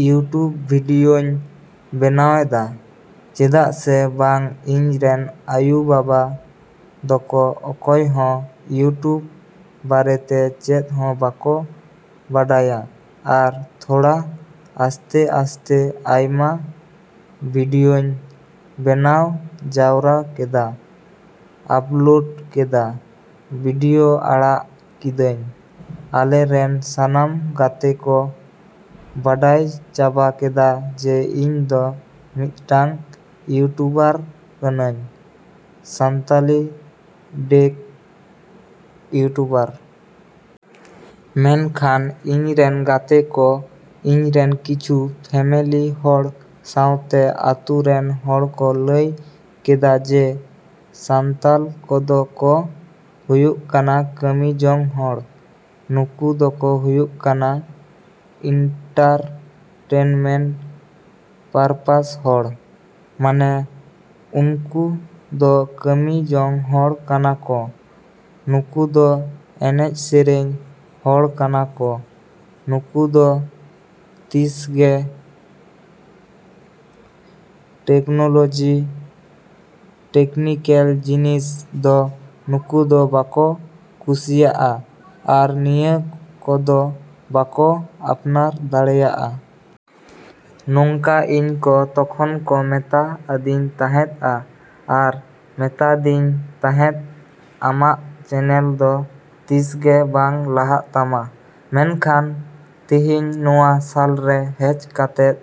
"YouTube ᱵᱷᱤᱰᱭᱳᱧ ᱵᱮᱱᱟᱣᱮᱫᱟ ᱪᱮᱫᱟᱜ ᱥᱮ ᱵᱟᱝ ᱤᱧ ᱨᱮᱱ ᱟᱭᱩ ᱵᱟᱵᱟ ᱫᱚᱠᱚ ᱚᱠᱚᱭᱦᱚᱸ ᱤᱭᱩᱴᱩᱵᱽ ᱵᱟᱨᱮᱛᱮ ᱪᱮᱫ ᱦᱚᱸ ᱵᱟᱠᱚ ᱵᱟᱰᱟᱭᱟ᱾ ᱟᱨ ᱛᱷᱚᱲᱟ ᱟᱥᱛᱮᱼᱟᱥᱛᱮ ᱟᱭᱢᱟ ᱵᱷᱤᱰᱭᱳᱧ ᱵᱮᱱᱟᱣ ᱡᱟᱣᱨᱟ ᱠᱮᱫᱟ, ᱟᱯᱞᱳᱰ ᱠᱮᱫᱟ, ᱵᱷᱤᱰᱭᱳ ᱟᱲᱟᱜ ᱠᱮᱫᱟᱹᱧ᱾ ᱟᱞᱮ ᱨᱮᱱ ᱥᱟᱱᱟᱢ ᱜᱟᱛᱮ ᱠᱚ ᱵᱟᱰᱟᱭ ᱪᱟᱵᱟ ᱠᱮᱫᱟ ᱡᱮ ᱤᱧ ᱫᱚ ᱢᱤᱫᱴᱟᱹᱝ ᱤᱭᱩᱴᱩᱵᱟᱨ ᱠᱟᱱᱟᱧ, ᱥᱟᱱᱛᱟᱞᱤ ᱴᱮᱠ ᱤᱭᱩᱴᱩᱵᱟᱨ᱾ ᱢᱮᱱᱠᱷᱟᱱ ᱤᱧ ᱨᱮᱱ ᱜᱟᱛᱮ ᱠᱚ, ᱤᱧᱨᱮᱱ ᱠᱤᱪᱷᱩ ᱯᱷᱮᱢᱮᱞᱤ ᱦᱚᱲ ᱥᱟᱶᱛᱮ ᱟᱹᱛᱩ ᱨᱮᱱ ᱦᱚᱲ ᱠᱚ ᱞᱟᱹᱭ ᱠᱮᱫᱟ ᱡᱮ ᱥᱟᱱᱛᱟᱞ ᱠᱚᱫᱚ ᱠᱚ ᱦᱩᱭᱩᱜ ᱠᱟᱱᱟ ᱠᱟᱹᱢᱤ ᱡᱚᱝ ᱦᱚᱲ, ᱱᱩᱠᱩ ᱫᱚᱠᱚ ᱦᱩᱭᱩᱜ ᱠᱟᱱᱟ ᱤᱱᱴᱟᱨᱴᱮᱱᱢᱮᱱᱴ ᱯᱟᱨᱯᱟᱥ ᱦᱚᱲ᱾ ᱢᱟᱱᱮ ᱩᱱᱠᱩ ᱫᱚ ᱠᱟᱹᱢᱤ ᱡᱚᱝ ᱦᱚᱲ ᱠᱟᱱᱟ ᱠᱚ, ᱱᱩᱠᱩ ᱫᱚ ᱮᱱᱮᱡ ᱥᱮᱨᱮᱧ ᱦᱚᱲ ᱠᱟᱱᱟ ᱠᱚ, ᱱᱩᱠᱩ ᱫᱚ ᱛᱤᱸᱥᱜᱮ ᱴᱮᱠᱱᱳᱞᱚᱡᱤ, ᱴᱮᱠᱱᱤᱠᱮᱞ ᱡᱤᱱᱤᱥ ᱫᱚ ᱱᱩᱠᱩ ᱫᱚ ᱵᱟᱠᱚ ᱠᱩᱥᱤᱭᱟᱜᱼᱟ ᱟᱨ ᱱᱤᱭᱟᱹ ᱠᱚᱫᱚ ᱵᱟᱠᱚ ᱟᱯᱱᱟᱨ ᱫᱟᱲᱮᱭᱟᱜᱼᱟ᱾ ᱱᱚᱝᱠᱟ ᱤᱧ ᱠᱚ ᱛᱚᱠᱷᱚᱱ ᱠᱚ ᱢᱮᱛᱟ ᱟᱫᱤᱧ ᱛᱟᱦᱮᱸᱫᱼᱟ ᱟᱨ ᱢᱮᱛᱟᱫᱤᱧ ᱛᱟᱦᱮᱸᱫ ᱟᱢᱟᱜ ᱪᱮᱱᱮᱞ ᱫᱚ ᱛᱤᱸᱥᱜᱮ ᱵᱟᱝ ᱞᱟᱦᱟᱜ ᱛᱟᱢᱟ᱾ ᱢᱮᱱᱠᱷᱟᱱ ᱛᱤᱸᱦᱤᱧ ᱱᱚᱶᱟ ᱥᱟᱞᱨᱮ ᱦᱮᱡ ᱠᱟᱛᱮᱫ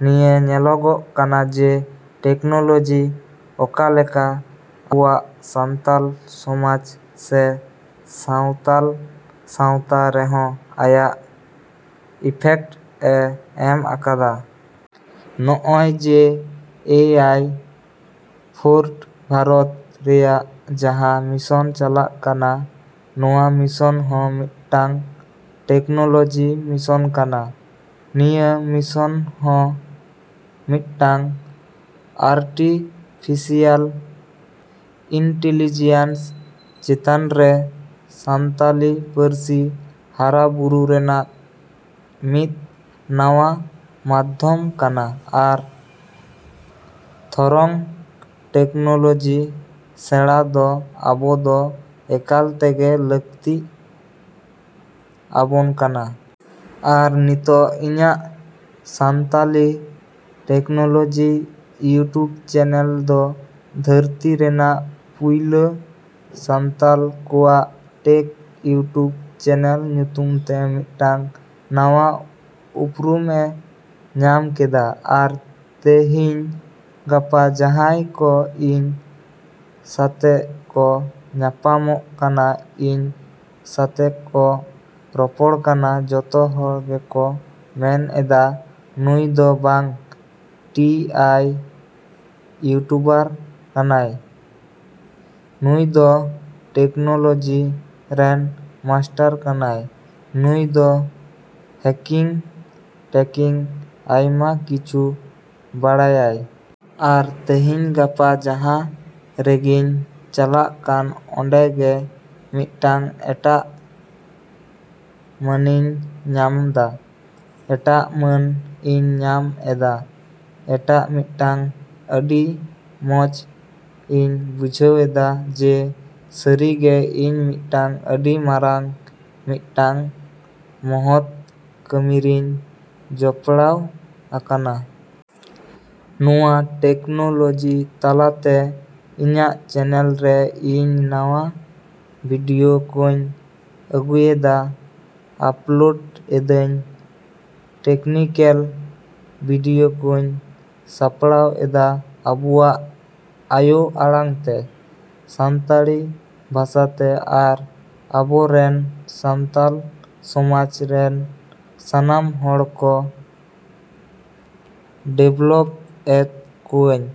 ᱱᱤᱭᱟᱹ ᱧᱮᱞᱚᱜᱚᱜ ᱠᱟᱱᱟ ᱡᱮ ᱴᱮᱠᱱᱳᱞᱚᱡᱤ ᱚᱠᱟ ᱞᱮᱠᱟ ᱟᱵᱚᱣᱟᱜ ᱥᱟᱱᱛᱟᱞ ᱥᱚᱢᱟᱡ ᱥᱮ ᱥᱟᱶᱛᱟᱞ ᱥᱟᱶᱛᱟ ᱨᱮᱦᱚᱸ ᱟᱭᱟᱜ ᱤᱯᱷᱮᱠᱴ ᱮ ᱮᱢ ᱟᱠᱟᱫᱟ᱾ ᱱᱚᱜᱼᱚᱭ ᱡᱮ ᱮ ᱟᱭ ᱯᱷᱳᱨ ᱵᱷᱟᱨᱚᱛ ᱨᱮᱭᱟᱜ ᱡᱟᱦᱟᱸ ᱢᱤᱥᱚᱱ ᱪᱟᱞᱟᱜ ᱠᱟᱱᱟ, ᱱᱚᱣᱟ ᱢᱤᱥᱚᱱ ᱦᱚᱸ ᱢᱤᱫᱴᱟᱹᱝ ᱴᱮᱠᱱᱳᱞᱚᱡᱤ ᱢᱤᱥᱚᱱ ᱠᱟᱱᱟ᱾ ᱱᱤᱭᱟᱹ ᱢᱤᱥᱚᱱ ᱦᱚᱸ ᱢᱤᱫᱴᱟᱹᱝ ᱟᱨᱴᱤᱯᱷᱤᱥᱤᱭᱟᱞ ᱤᱱᱴᱤᱞᱤᱡᱤᱭᱟᱱᱥ ᱪᱮᱛᱟᱱᱨᱮ ᱥᱟᱱᱛᱟᱞᱤ ᱯᱟᱹᱨᱥᱤ ᱦᱟᱨᱟ ᱵᱩᱨᱩ ᱨᱮᱱᱟᱜ ᱢᱤᱫ ᱱᱟᱣᱟ ᱢᱟᱫᱽᱫᱷᱚᱢ ᱠᱟᱱᱟ ᱟᱨ ᱛᱷᱚᱨᱚᱝ ᱴᱮᱠᱱᱳᱞᱚᱡᱤ ᱥᱮᱸᱲᱟ ᱫᱚ ᱟᱵᱚ ᱫᱚ ᱮᱠᱟᱞ ᱛᱮᱜᱮ ᱞᱟᱹᱠᱛᱤ ᱟᱵᱚᱱ ᱠᱟᱱᱟ᱾ ᱟᱨ ᱱᱤᱛᱚᱜ ᱤᱧᱟᱹᱜ ᱥᱟᱱᱛᱟᱞᱤ ᱴᱮᱠᱱᱳᱞᱚᱡᱤ ᱤᱭᱩᱴᱩᱵᱽ ᱪᱮᱱᱮᱞ ᱫᱚ ᱫᱷᱟᱹᱨᱛᱤ ᱨᱮᱱᱟᱜ ᱯᱩᱭᱞᱟᱹ ᱥᱟᱱᱛᱟᱞ ᱠᱚᱣᱟᱜ ᱴᱮᱠ ᱤᱭᱩᱴᱩᱵ ᱪᱮᱱᱮᱞ ᱧᱩᱛᱩᱢ ᱛᱮ ᱢᱤᱫᱴᱟᱹᱝ ᱱᱟᱣᱟ ᱩᱯᱨᱩᱢ ᱮ ᱧᱟᱢ ᱠᱮᱫᱟ᱾ ᱟᱨ ᱛᱮᱦᱤᱧ ᱜᱟᱯᱟ ᱡᱟᱦᱟᱸᱭ ᱠᱚ ᱤᱧ ᱥᱟᱛᱮᱜ ᱠᱚ ᱧᱟᱯᱟᱢᱚᱜ ᱠᱟᱱᱟ, ᱤᱧ ᱥᱟᱛᱮᱜ ᱠᱚ ᱨᱚᱯᱚᱲ ᱠᱟᱱᱟ, ᱡᱚᱛᱚ ᱦᱚᱲ ᱜᱮᱠᱚ ᱢᱮᱱ ᱮᱫᱟ, ""ᱱᱩᱭ ᱫᱚ ᱵᱟᱝ ᱴᱤ ᱟᱭ ᱤᱭᱩᱴᱩᱵᱟᱨ ᱠᱟᱱᱟᱭ, ᱱᱩᱭ ᱫᱚ ᱴᱮᱠᱱᱳᱞᱚᱡᱤ ᱨᱮᱱ ᱢᱟᱥᱴᱟᱨ ᱠᱟᱱᱟᱭ, ᱱᱩᱭ ᱫᱚ ᱦᱮᱠᱤᱝ ᱴᱮᱠᱤᱝ ᱟᱭᱢᱟ ᱠᱤᱪᱷᱩ ᱵᱟᱲᱟᱭᱟ᱾"" ᱟᱨ ᱛᱮᱦᱤᱧ ᱜᱟᱯᱟ ᱡᱟᱦᱟᱸ ᱨᱮᱜᱤᱧ ᱪᱟᱞᱟᱜ ᱠᱟᱱ ᱚᱰᱮ ᱜᱮ ᱢᱤᱫᱴᱟᱹᱝ ᱮᱴᱟᱜ ᱢᱟᱱᱤᱧ ᱧᱟᱢᱫᱟ, ᱮᱴᱟᱜ ᱢᱟᱹᱱ ᱤᱧ ᱧᱟᱢ ᱮᱫᱟ, ᱮᱴᱟᱜ ᱢᱤᱫᱴᱟᱹᱝ ᱟᱹᱰᱤ ᱢᱚᱸᱡ ᱤᱧ ᱵᱩᱡᱷᱟᱹᱣᱮᱫᱟ ᱡᱮ ᱥᱟᱹᱨᱤᱜᱮ ᱤᱧ ᱢᱤᱫᱴᱟᱹᱝ ᱟᱹᱰᱤ ᱢᱟᱨᱟᱝ ᱢᱤᱫᱴᱟᱹᱝ ᱢᱚᱦᱚᱛ ᱠᱟᱹᱢᱤᱨᱤᱧ ᱡᱚᱯᱲᱟᱣ ᱟᱠᱟᱱᱟ᱾ ᱱᱚᱣᱟ ᱴᱮᱠᱱᱳᱞᱚᱡᱤ ᱛᱟᱞᱟᱛᱮ ᱤᱧᱟᱹᱜ ᱪᱮᱱᱮᱞ ᱨᱮ ᱤᱧ ᱱᱟᱣᱟ ᱵᱷᱤᱰᱭᱳ ᱠᱚᱸᱧ ᱟᱹᱜᱩᱭᱮᱫᱟ, ᱟᱯᱞᱳᱰ ᱮᱫᱟᱹᱧ, ᱴᱮᱠᱱᱤᱠᱮᱞ ᱵᱷᱤᱰᱤᱭᱳ ᱠᱚᱸᱧ ᱥᱟᱯᱲᱟᱣ ᱮᱫᱟ ᱟᱵᱚᱣᱟᱜ ᱟᱭᱳ ᱟᱲᱟᱝᱛᱮ, ᱥᱟᱱᱛᱟᱲᱤ ᱵᱷᱟᱥᱟᱛᱮ ᱟᱨ ᱟᱵᱚ ᱨᱮᱱ ᱥᱟᱱᱛᱟᱞ ᱥᱚᱢᱟᱡᱽ ᱨᱮᱱ ᱥᱟᱱᱟᱢ ᱦᱚᱲ ᱠᱚ ᱰᱮᱵᱷᱞᱚᱯ ᱮᱫ ᱠᱚᱣᱟᱹᱧ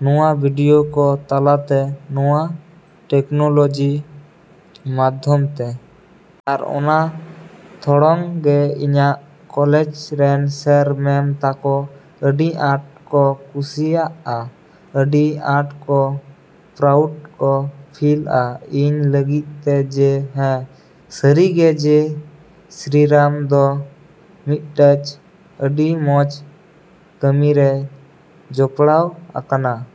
ᱱᱚᱣᱟ ᱵᱷᱤᱰᱭᱳ ᱠᱚ ᱛᱟᱞᱟᱛᱮ, ᱱᱚᱣᱟ ᱴᱮᱠᱱᱳᱞᱚᱡᱤ ᱢᱟᱫᱽᱫᱷᱚᱢᱛᱮ᱾ ᱟᱨ ᱚᱱᱟ ᱛᱷᱚᱲᱚᱝ ᱜᱮ ᱤᱧᱟᱹᱜ ᱠᱚᱞᱮᱡᱽ ᱨᱮᱱ ᱥᱮᱨ, ᱢᱮᱢ ᱛᱟᱠᱚ ᱟᱹᱰᱤ ᱟᱸᱴ ᱠᱚ ᱠᱩᱥᱤᱭᱟᱜᱼᱟ, ᱟᱹᱰᱤ ᱟᱸᱴ ᱠᱚ ᱯᱨᱟᱩᱰ ᱠᱚ ᱯᱷᱤᱞᱼᱟ ᱤᱧ ᱞᱟᱹᱜᱤᱫ ᱛᱮ ᱡᱮ ᱦᱮᱸ ᱥᱟᱹᱨᱤᱜᱮ ᱡᱮ ᱥᱨᱤᱨᱟᱢ ᱫᱚ ᱢᱤᱫᱴᱟᱹᱡ ᱟᱹᱰᱤ ᱢᱚᱸᱡ ᱠᱟᱹᱢᱤᱨᱮᱭ ᱡᱚᱯᱲᱟᱣ ᱟᱠᱟᱱᱟ᱾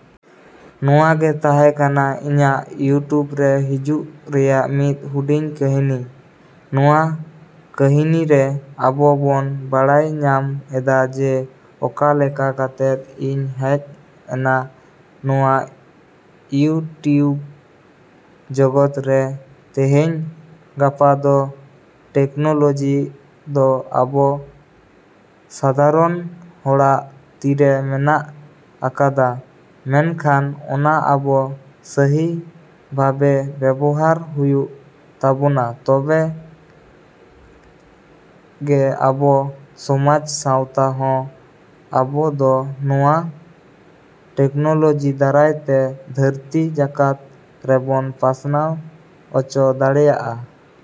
ᱱᱚᱣᱟᱜᱮ ᱛᱟᱦᱮᱸ ᱠᱟᱱᱟ ᱤᱧᱟᱹᱜ ᱤᱭᱩᱴᱩᱵᱽ ᱨᱮ ᱦᱤᱡᱩᱜ ᱨᱮᱭᱟᱜ ᱢᱤᱫ ᱦᱩᱰᱤᱧ ᱠᱟᱹᱦᱱᱤ᱾ ᱱᱚᱣᱟ ᱠᱟᱹᱦᱤᱱᱤᱨᱮ ᱟᱵᱚ ᱵᱚᱱ ᱵᱟᱲᱟᱭ ᱧᱟᱢ ᱮᱫᱟ ᱡᱮ ᱚᱠᱟ ᱞᱮᱠᱟ ᱠᱟᱛᱮᱫ ᱤᱧ ᱦᱮᱡ ᱮᱱᱟ ᱱᱚᱣᱟ ᱤᱭᱩᱴᱤᱣᱩᱵᱽ ᱡᱚᱜᱚᱛ ᱨᱮ᱾ ᱛᱮᱦᱮᱧ ᱜᱟᱯᱟ ᱫᱚ ᱴᱮᱠᱱᱳᱞᱚᱡᱤ ᱫᱚ ᱟᱵᱚ ᱥᱟᱫᱷᱟᱨᱚᱱ ᱦᱚᱲᱟᱜ ᱛᱤᱨᱮ ᱢᱮᱱᱟᱜ ᱟᱠᱟᱫᱟ ᱢᱮᱱᱠᱷᱟᱱ ᱚᱱᱟ ᱟᱵᱚ ᱥᱟᱦᱤ ᱵᱷᱟᱵᱮ ᱵᱮᱵᱚᱦᱟᱨ ᱦᱩᱭᱩᱜ ᱛᱟᱵᱚᱱᱟ ᱛᱚᱵ ᱮ ᱜᱮ ᱟᱵᱚ ᱥᱚᱢᱟᱡ ᱥᱟᱶᱛᱟ ᱦᱚᱸ ᱟᱵᱚ ᱫᱚ ᱱᱚᱣᱟ ᱴᱮᱠᱱᱳᱞᱚᱡᱤ ᱫᱟᱨᱟᱭ ᱛᱮ ᱫᱷᱟᱹᱨᱛᱤ ᱡᱟᱠᱟᱛ ᱨᱮᱵᱚᱱ ᱯᱟᱥᱱᱟᱣ ᱚᱪᱚ ᱫᱟᱲᱮᱭᱟᱜᱼᱟ᱾।"